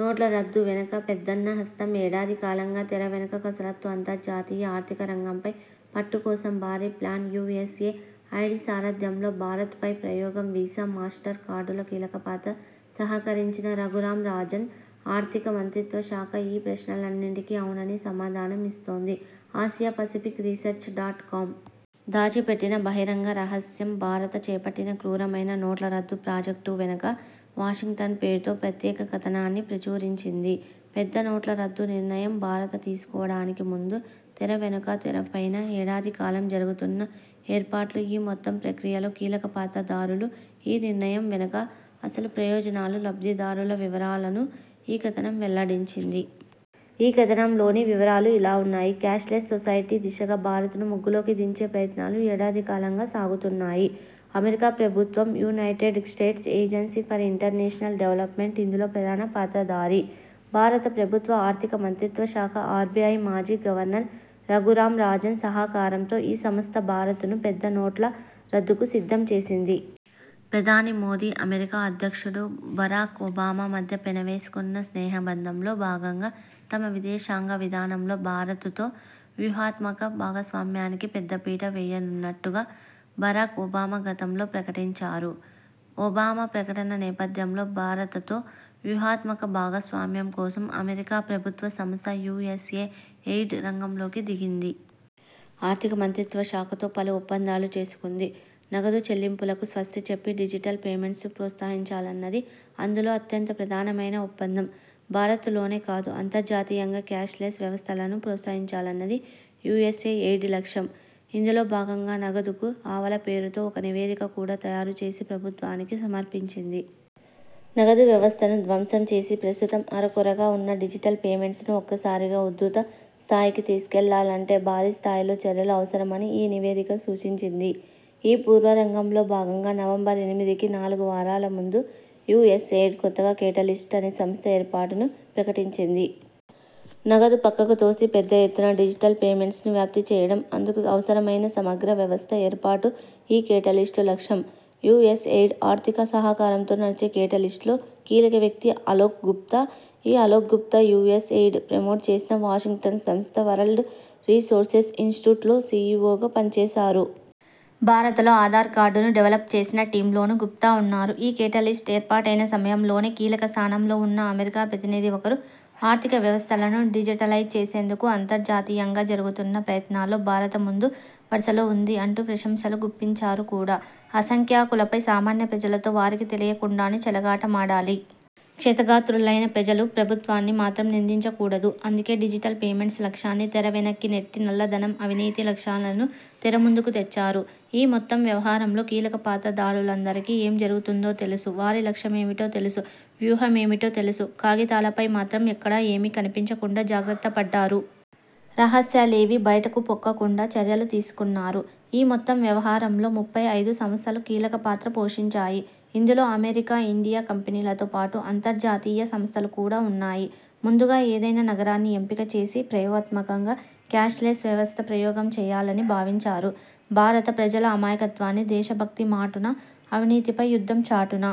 నోట్ల రద్దు వెనక పెద్దన్న హస్తం ఏడాది కాలంగా తెరవెనుక కసరత్తు అంతర్జాతీయ ఆర్థిక రంగంపై పట్టుకోసం భారీ plan U S A ID సారథ్యంలో భారత్ పై ప్రయోగం వీసా, మాస్టర్ కార్డుల కీలకపాత్ర సహకరించిన రఘురామ్ రాజన్, ఆర్థిక మంత్రిత్వ శాఖ ఈ ప్రశ్నలన్నింటికీ ఔననే సమాధానం ఇస్తోంది Asia Pacific Research dot com. ''దాచిపెట్టిన బహిరంగ రహస్యం భారత చేపట్టిన క్రూరమైన నోట్ల రద్దు ప్రాజెక్టు వెనక వాషింగ్టన్'' పేరుతో ప్రత్యేక కథనాన్ని ప్రచురించింది. పెద్ద నోట్ల రద్దు నిర్ణయం భారత తీసుకోవడానికి ముందు, తెరవెనుకా, తెరపైనా ఏడాది కాలంగా జరుగుతున్న 'ఏర్పాట్లు', ఈ మొత్తం ప్రక్రియలో కీలక పాత్రధారులు, ఈ నిర్ణయం వెనక అసలు ప్రయోజనాలు, లబ్దిదారుల వివరాలను ఈ కథనం వెల్లడించింది. ఈ కథనంలోని వివరాలు ఇలా ఉన్నాయి. క్యాష్లెస్ సొసైటీ దిశగా భారతను ముగ్గులోకి దించే ప్రయత్నాలు ఏడాదికాలంగా సాగుతున్నాయి. అమెరికా ప్రభుత్వం United States Agency for International Development ఇందులో ప్రధాన పాత్రధారి. భారత ప్రభుత్వ ఆర్థిక మంత్రిత్వ శాఖ, ఆర్బిఐ మాజీ గవర్నర్ రఘురామ్ రాజన్ సహకారంతో ఈ సంస్థ భారతను పెద్ద నోట్ల రద్దుకు సిద్ధం చేసింది. ప్రధాని మోదీ, అమెరికా అధ్యక్షుడు బరాక్ ఒబామా మధ్య పెనవేసుకున్న స్నేహబంధంలో భాగంగా తమ విదేశాంగ విధానంలో భారత్ తో వ్యూహాత్మక భాగస్వామ్యానికి పెద్దపీట వేయనున్నట్టుగా బరాక్ ఒబామా గతంలో ప్రకటించారు. ఒబామా ప్రకటన నేపథ్యంలో భారతతో వ్యూహాత్మక భాగస్వామ్యం కోసం అమెరికా ప్రభుత్వ సంస్థ యుఎస్ఏ ఎయిడ్ రంగంలోకి దిగింది. ఆర్థిక మంత్రిత్వ శాఖతో పలు ఒప్పందాలు చేసుకుంది. నగదు చెల్లింపులకు స్వస్తి చెప్పి డిజిటల్ పేమెంట్స్ను ప్రోత్సహించాలన్నది అందులో అత్యంత ప్రధానమైన ఒప్పందం. భారత్ లోనే కాదు అంతర్జాతీయంగా క్యాష్లెస్ వ్యవస్థలను ప్రోత్సహించాలన్నది యుఎస్ఏ ఎయిడ్ లక్ష్యం. ఇందులో భాగంగా '' నగదుకు ఆవల'' పేరుతో ఒక నివేదిక కూడా తయారు చేసి ప్రభుత్వానికి సమర్పించింది. నగదు వ్యవస్థను ధ్వంసం చేసి, ప్రస్తుతం అరకొరగా ఉన్న డిజిటల్ పేమెంట్స్ను ఒక్కసారిగా ఉధృత స్థాయికి తీసుకెళ్లాలంటే భారీ స్థాయిలో చర్యలు అవసరమని ఈ నివేదిక సూచించింది. ఈ పూర్వరంగంలో భాగంగా నవంబర్ ఎనిమిదికి నాలుగు వారాల ముందు, యుఎ్సఎయిడ్ కొత్తగా కేటలిస్ట్ అనే సంస్థ ఏర్పాటును ప్రకటించింది. నగదును పక్కకు తోసి పెద్ద ఎత్తున డిజిటల్ పేమెంట్స్ను వ్యాప్తిచేయడం, అందుకు అవసరమైన సమగ్ర వ్యవస్థ ఏర్పాటు ఈ కేటలిస్ట్ లక్ష్యం. యుఎస్ ఎయిడ్ ఆర్థిక సహకారంతో నడిచే కేటలిస్ట్లో కీలక వ్యక్తి అలోక్ గుప్తా. ఈ Alok Gupta, US aid promote చేసిన వాషింగ్టన్ సంస్థ వరల్డ్ రీసోర్సెస్ ఇనిస్టిట్యూట్లో సిఇఒగా పనిచేశారు. భారతలో ఆధార్ కార్డును డెవలప్ చేసిన టీమ్లోనూ గుప్తా ఉన్నారు. ఈ కేటలిస్ట్ ఏర్పాటైన సమయంలోనే కీలకస్థానంలో ఉన్న అమెరికా ప్రతినిధి ఒకరు, ''ఆర్థిక వ్యవస్థలను డిజిటలైజ్ చేసేందుకు అంతర్జాతీయంగా జరుగుతున్న ప్రయత్నాల్లో భారత ముందు వరుసలో ఉంది'' అంటూ ప్రశంసలు గుప్పించారు కూడా. అసంఖ్యాకులపై సామాన్య ప్రజలతో వారికి తెలియకుండానే చెలగాటమాడాలి. క్షతగాత్రులైన ప్రజలు ప్రభుత్వాన్ని మాత్రం నిందించ కూడదు. అందుకే డిజిటల్ పేమెంట్స్ లక్ష్యాన్ని తెరవెనక్కి నెట్టి, నల్లధనం, అవినీతి లక్ష్యాలను తెరముందుకు తెచ్చారు. ఈ మొత్తం వ్యవహారంలో కీలకపాత్రధారులందరికీ ఏం జరుగుతుందో తెలుసు, వారి లక్ష్యమేమిటో తెలుసు, వ్యూహమేమిటో తెలుసు.. కాగితాలపై మాత్రం ఎక్కడా ఏమీ కనిపించకుండా జాగ్రత్తపడ్డారు. రహస్యాలేవీ బయటకు పొక్కకుండా చర్యలు తీసుకున్నారు. ఈ మొత్తం వ్యవహారంలో ముప్పై ఐదు సంస్థలు కీలకపాత్ర పోషించాయి. ఇందులో అమెరికా, ఇండియా కంపెనీలతో పాటు అంతర్జాతీయ సంస్థలు కూడా ఉన్నాయి. ముందుగా ఏదైనా నగరాన్ని ఎంపిక చేసి ప్రయోగాత్మకంగా క్యాష్లెస్ వ్యవస్థ ప్రయోగం చేయాలని భావించారు. భారత ప్రజల అమాయకత్వాన్ని, దేశభక్తిమాటున, అవినీతిపై యుద్ధం చాటున